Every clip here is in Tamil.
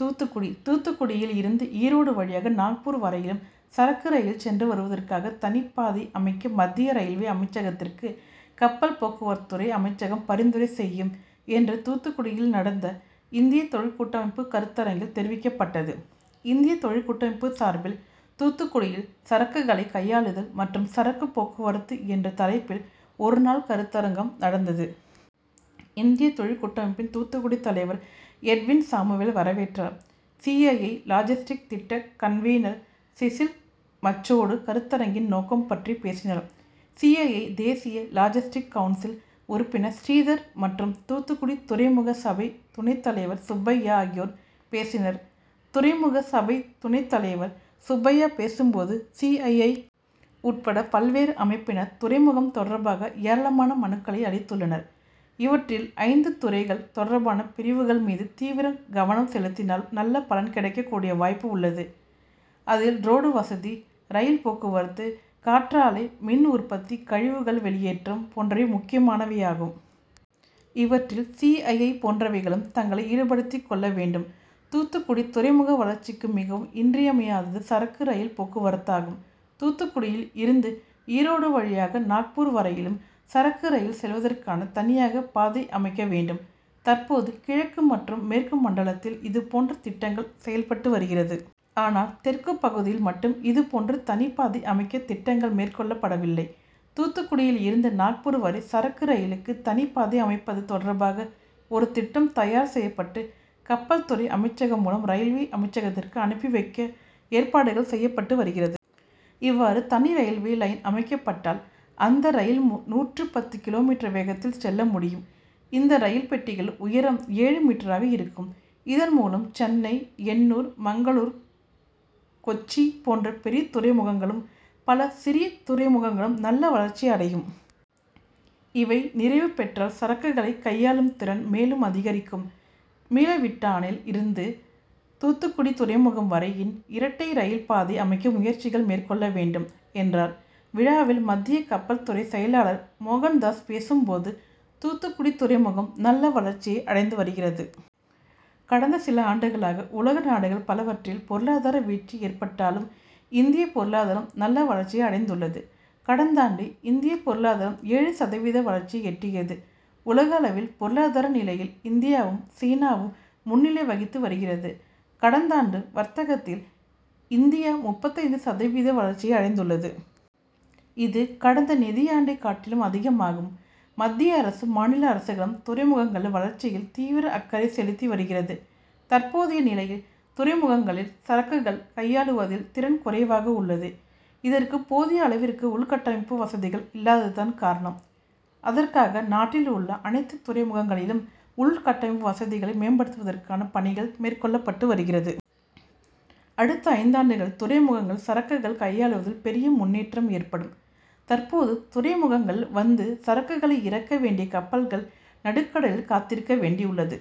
தூத்துக்குடி தூத்துக்குடியில் இருந்து ஈரோடு வழியாக நாக்பூர் வரையிலும் சரக்கு ரயில் சென்று வருவதற்காக தனிப்பாதை அமைக்க மத்திய ரயில்வே அமைச்சகத்திற்கு கப்பல் போக்குவரத்துறை அமைச்சகம் பரிந்துரை செய்யும் என்று தூத்துக்குடியில் நடந்த இந்திய தொழிற்கூட்டமைப்பு கருத்தரங்கில் தெரிவிக்கப்பட்டது. இந்திய தொழிற்கூட்டமைப்பு சார்பில் தூத்துக்குடியில் சரக்குகளை கையாளுதல் மற்றும் சரக்கு போக்குவரத்து என்ற தலைப்பில் ஒருநாள் கருத்தரங்கு நடந்தது. இந்திய தொழிற்கூட்டமைப்பின் தூத்துக்குடி தலைவர் எட்வின்சாமுவேல் வரவேற்றார். சிஐஐ., லாஜிஸ்டிக் திட்ட கன்வீனர் சிசில் மச்சோடு கருத்தரங்கின் நோக்கம் பற்றி பேசினார். சிஐஐ., தேசிய லாஜிஸ்டிக் கவுன்சில் உறுப்பினர் ஸ்ரீதர் மற்றும் தூத்துக்குடி துறைமுக சபை துணைத் தலைவர் சுப்பையா ஆகியோர் பேசினர். துறைமுக சபைத் துணைத் தலைவர் சுப்பையா பேசும் போது, சிஐஐ., உட்பட பல்வேறு அமைப்பினர் துறைமுகம் தொடர்பாக ஏராளமான மனுக்களை அளித்துள்ளனர். இவற்றில் ஐந்து துறைகள் தொடர்பான பிரிவுகள் மீது தீவிர கவனம் செலுத்தினால் நல்ல பலன் கிடைக்கக் கூடிய வாய்ப்பு உள்ளது. அதில் ரோடு வசதி, ரயில் போக்குவரத்து, காற்றாலை மின் உற்பத்தி, கழிவுகள் வெளியேற்றம் போன்றவை முக்கியமானவையாகும். இவற்றில் சிஐஐ., போன்றவைகளும் தங்களை ஈடுபடுத்திக் கொள்ள வேண்டும். தூத்துக்குடி துறைமுக வளர்ச்சிக்கு மிகவும் இன்றியமையாதது சரக்கு ரயில் போக்குவரத்தாகும். தூத்துக்குடியில் இருந்து ஈரோடு வழியாக நாக்பூர் வரையிலும் சரக்கு ரயில் செல்வதற்கென தனியாக பாதை அமைக்க வேண்டும். தற்போது கிழக்கு மற்றும் மேற்கு மண்டலத்தில் இது போன்ற திட்டங்கள் செயல்பட்டு வருகிறது. ஆனால் தெற்கு பகுதியில் மட்டும் இது போன்று தனிப்பாதை அமைக்க திட்டங்கள் மேற்கொள்ளப்படவில்லை. தூத்துக்குடியில் இருந்து நாக்பூர் வரை சரக்கு ரயிலுக்கு தனிப்பாதை அமைப்பது தொடர்பாக ஒரு திட்டம் தயார் செய்யப்பட்டு கப்பல் துறை அமைச்சகம் மூலம் ரயில்வே அமைச்சகத்திற்கு அனுப்பி வைக்க ஏற்பாடுகள் செய்யப்பட்டு வருகிறது. இவ்வாறு தனி ரயில்வே லைன் அமைக்கப்பட்டால் அந்த ரயில் நூற்று பத்து கிமீ வேகத்தில் செல்ல முடியும். இந்த ரயில் பெட்டிகளில் உயரம் ஏழு மீட்டராக இருக்கும். இதன் மூலம் சென்னை, எண்ணூர், மங்களூர், கொச்சி போன்ற பெரிய துறைமுகங்களும், பல சிறிய துறைமுகங்களும் நல்ல வளர்ச்சி அடையும். இவை நிறைவு பெற்றால் சரக்குகளை கையாளும் திறன் மேலும் அதிகரிக்கும். மீளவிட்டானில் இருந்து தூத்துக்குடி துறைமுகம் வரையில் இரட்டை ரயில் பாதை அமைக்க முயற்சிகள் மேற்கொள்ள வேண்டும் என்றார். விழாவில் மத்திய கப்பல் துறை செயலாளர் மோகன்தாஸ் பேசும் போது, தூத்துக்குடி துறைமுகம் நல்ல வளர்ச்சியை அடைந்து வருகிறது. கடந்த சில ஆண்டுகளாக உலக நாடுகள் பலவற்றில் பொருளாதார வீழ்ச்சி ஏற்பட்டாலும், இந்திய பொருளாதாரம் நல்ல வளர்ச்சியை அடைந்துள்ளது. கடந்தாண்டு இந்திய பொருளாதாரம் ஏழு சதவீத வளர்ச்சியை எட்டியது. உலக அளவில் பொருளாதார நிலையில் இந்தியாவும், சீனாவும் முன்னிலை வகித்து வருகிறது. கடந்தாண்டு வர்த்தகத்தில் இந்தியா முப்பத்தைந்து சதவீத வளர்ச்சியை அடைந்துள்ளது. இது கடந்த நிதியாண்டை காட்டிலும் அதிகமாகும். மத்திய அரசும், மாநில அரசுகளும் துறைமுகங்களில் வளர்ச்சியில் தீவிர அக்கறை செலுத்தி வருகிறது. தற்போதைய நிலையில் துறைமுகங்களில் சரக்குகள் கையாளுவதில் திறன் குறைவாக உள்ளது. இதற்கு போதிய அளவிற்கு உள்கட்டமைப்பு வசதிகள் இல்லாதது தான் காரணமாகும். அதற்காக நாட்டில் உள்ள அனைத்து துறைமுகங்களிலும் உள்கட்டமைப்பு வசதிகளை மேம்படுத்துவதற்கான பணிகள் மேற்கொள்ளப்பட்டு வருகிறது. அடுத்த ஐந்தாண்டுகளில் துறைமுகங்களில் சரக்குகள் கையாளுவதில் பெரிய முன்னேற்றம் ஏற்படும். தற்போது துறைமுகங்களில் வந்து சரக்குகளை இறக்க வேண்டிய கப்பல்கள் நடுக்கடலில் காத்திருக்க வேண்டியுள்ளது.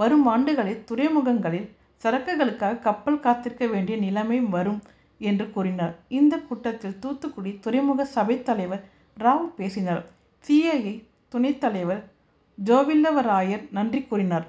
வரும் ஆண்டுகளில் துறைமுகங்களில் சரக்குகளுக்காக கப்பல் காத்திருக்க வேண்டிய நிலைமை வரும் என்று கூறினார். இந்த கூட்டத்தில் தூத்துக்குடி துறைமுக சபைத் தலைவர் ராவ் பேசினார். சிஐஐ., துணைத் தலைவர் ஜோவில்லவராயர் நன்றி கூறினார்.